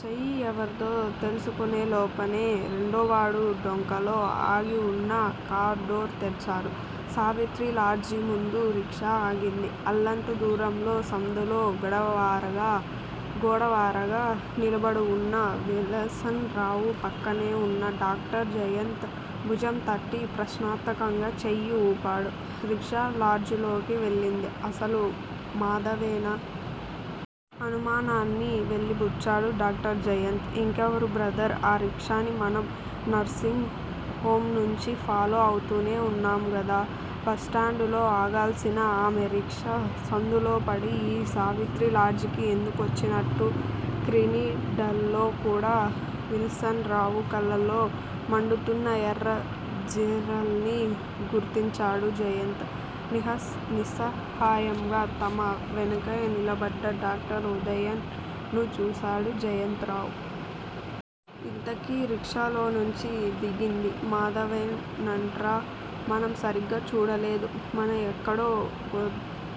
చెయ్యి ఎవరిదో తెలుసుకొనేలోపునే, రెండోవాడు డొంకలో ఆగివున్న కార్ డోర్ తెరిచాడు. సావిత్రిలాడ్జీ ముందు రిక్షా ఆగింది. అల్లంత దూరంలో సందులో గోడవారగా నిలబడివున్న విల్సన్ రావు, పక్కనేవున్న డాక్టర్ జయంత్ భుజంతట్టి ప్రశ్నార్థకంగా చెయ్యి ఊపాడు. రిక్షా లాడ్జిలోకి వెళ్ళింది అసలు మాధవేనా? అనుమానాన్ని వెలిబుచ్చాడు డాక్టర్ జయంత్. ఇంకెవరు బ్రదర్? ఆ రిక్షాని మనం నర్సింగ్ హొంనుంచి ఫాలో అవుతూనే వున్నాంగదా? బస్ స్టాండులో ఆగాల్సిన ఆమె రిక్షా సందులోపడి ఈ సావిత్రిలాడ్జికి ఎందుకొచ్చినట్టూ? క్రీనీడల్లోకూడా విల్సన్ రావు కళ్ళల్లో మండుతున్న ఎర్రజీరల్ని గుర్తించాడు జయంత్. నిస్సహాయంగా తమ వెనకే నిలబడ్డ డాక్టర్ ఉదయ్ ను చూశాడు జయంత్ రావు. ఇంతకీ రిక్షాలోనుంచి దిగింది మాదవేనట్ర? మనం సరిగా చూడలేదు. మన ఎక్కడో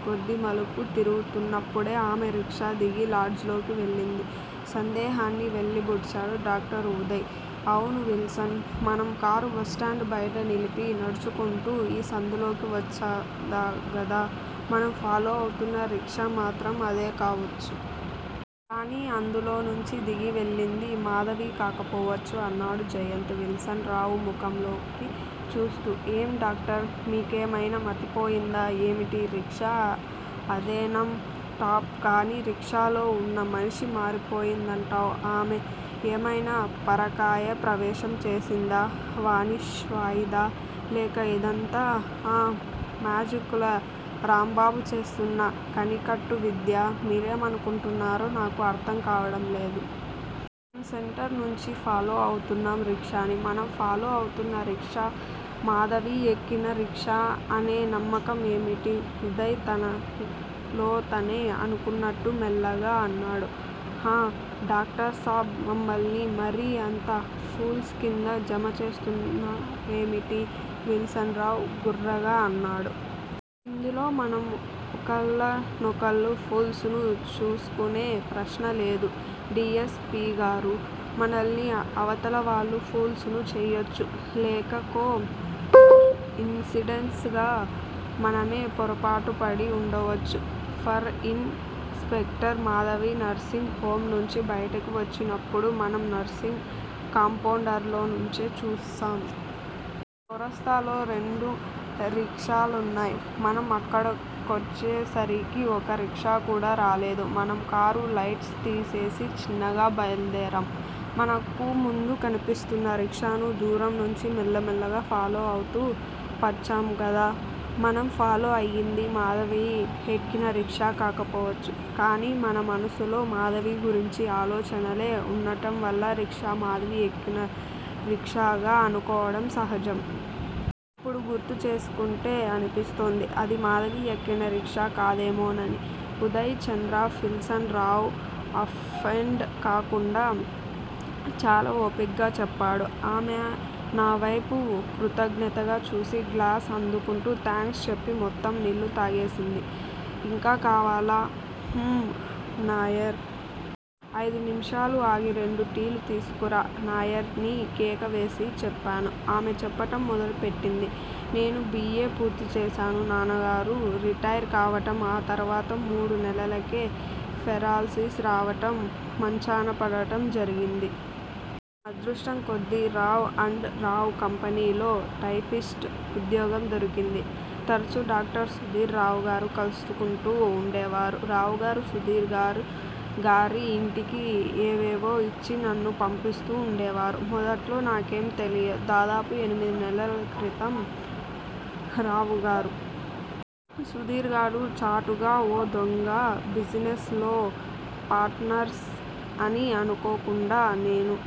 గొందిమలుపు తిరుగుతున్నప్పుడే ఆమె రిక్షా దిగి లాడ్జిలోకి వెళ్ళింది. సందేహాన్ని వెలిబుచ్చాడు డాక్టర్ ఉదయ్. అవును విల్సన్! మనం కారు బస్ స్టాండు బయట నిలిపి నడుచుకొంటూ ఈ సందులోకి వచ్చాంగదా? మనం ఫాలో అవుతున్న రిక్షా మాత్రం అదే కావొచ్చు. కాని అందులోనుంచి దిగి వెళ్ళింది మాధవికాకపోవచ్చు. అన్నాడు జయంత్ విల్సన్ రావు ముఖంలోకి చూస్తూ. ఏం డాక్టర్! మీకేమైనా మతిపోయిందా ఏమిటి? రిక్షా అదేనం టాప్ కాని రిక్షాలో ఉన్న మనిషి మారిపోయిందంటావ్. ఆమె ఏమైనా పరకాయ ప్రవేశం చేసిందా? వానిష్ వాయిందా? లేక ఇదంతా ఆ మేజిక్కుల రాంబాబు చేస్తున్న కనికట్టువిద్యా, మీరేమనుకొంటున్నారో నాకు అర్థంకావడంలేదు. మనం సెంటర్ నుంచి ఫాలో అవుతున్నాం రిక్షాని. మనం ఫాలో అవుతున్న రిక్షా మాధవి ఎక్కినా రిక్షా అనేనమ్మకం ఏమిటి? ఉదయ్ తనలోతనే అనుకొన్నట్టు మెల్లగా అన్నాడు. ఆఁ! డాక్టర్ సాబ్ మమ్మల్ని మరీ అంత పూల్స్ కింద జమసేస్తున్నావేమిటి? విల్సన్ రావు గుర్రుగా అన్నాడు. ఇందులో మనం ఒకళ్ళ నొకళ్ళు, పూల్స్ ను చ్సుకొనే ప్రశ్నలేదు డి. యస్. పి గారూ? మనల్ని అవతలవాళ్ళు పూల్స్ ను చెయ్యొచ్చు. లేక కో ఇన్సిడెంటల్ గా మనమే పొరపాటుపడి వుండొచ్చు. For inspector Madhavi nursing home నుంచి బయటికి వచ్చినప్పుడు మనం నర్సింగ్ కాంపౌండులోనుంచే చూశాం. చౌరాస్తాలో రెండురిక్షాలున్నాయ్. మనం అక్కడికొచ్చేసరికి ఒక్క రిక్షాకూడా రాలేదు. మనం కారు లైట్సుతీసేసి చిన్నగా బయలుదేరాం. మనకు ముందు కన్పిస్తున్న రిక్షాను దూరంనుంచి మెల్లమెల్లగా ఫాలో అవుతూ పచ్చాంగదా? మనం ఫాలో అయింది మాధవి ఎక్కినా రిక్షా కాకపోవచ్చు కాని మన మనసులో మాధవి గురించిన ఆలోచనలే ఉండటంవల్ల రిక్షా మాధవి ఎక్కినా రిక్షాగా అనుకోవడం సహజం. ఇప్పుడు గుర్తుచేసుకుంటే అన్పిస్తోంది. అది మాధవి ఎక్కినా రిక్షా కాదేమోనని ఉదయ్ చంద్ర, విల్సన్ రావు అఫెండ్ కాకుండా చాలా ఓపిగ్గా చెప్పాడు. ఆమె నా వేపు కృతజ్ఞతగా చూసి గ్లాసు అందుకుంటూ థాంక్స్ చెప్పి మొత్తం నీళ్ళు తాగేసింది. ఇంకా కావాలా? ఉహూఁ నాయర్! ఐదు నిముషాలు ఆగి రెండు టీలు తీసుకురా! నాయర్ ని కేక వేసి చెప్పాను. ఆమె చెప్పటం మొదలు పెట్టింది- నేను బి. ఏ. పూర్తి చేశాను. నాన్నగారు రిటైర్ కావటం, ఆ తర్వాత మూడు నెలలకే పెరాల్ సీస్ రావటం, మంచాన పడటం జరిగింది. నా అదృష్టం కొద్దీ రావ్ అండ్ రావ్ కంపెనీలో టైపిస్టు ఉద్యోగం దొరికింది. తరచు డాక్టర్ సుధీర్, రావుగారు కల్సుకుంటూ వుండేవారు. రావుగారు సుధీర్ గారి ఇంటికి ఏవేవో ఇచ్చి నన్ను పంపిస్తూ వుండేవారు. మొదట్లో నాకేమీ తెలియదు. దాదాపు ఎనిమిది నెలల క్రితం రావుగారు, సుధీర్ గారూ చాటుగా ఓ దొంగా బిజినెస్ లో పార్టనర్స్ అని అనుకోకుండా నేను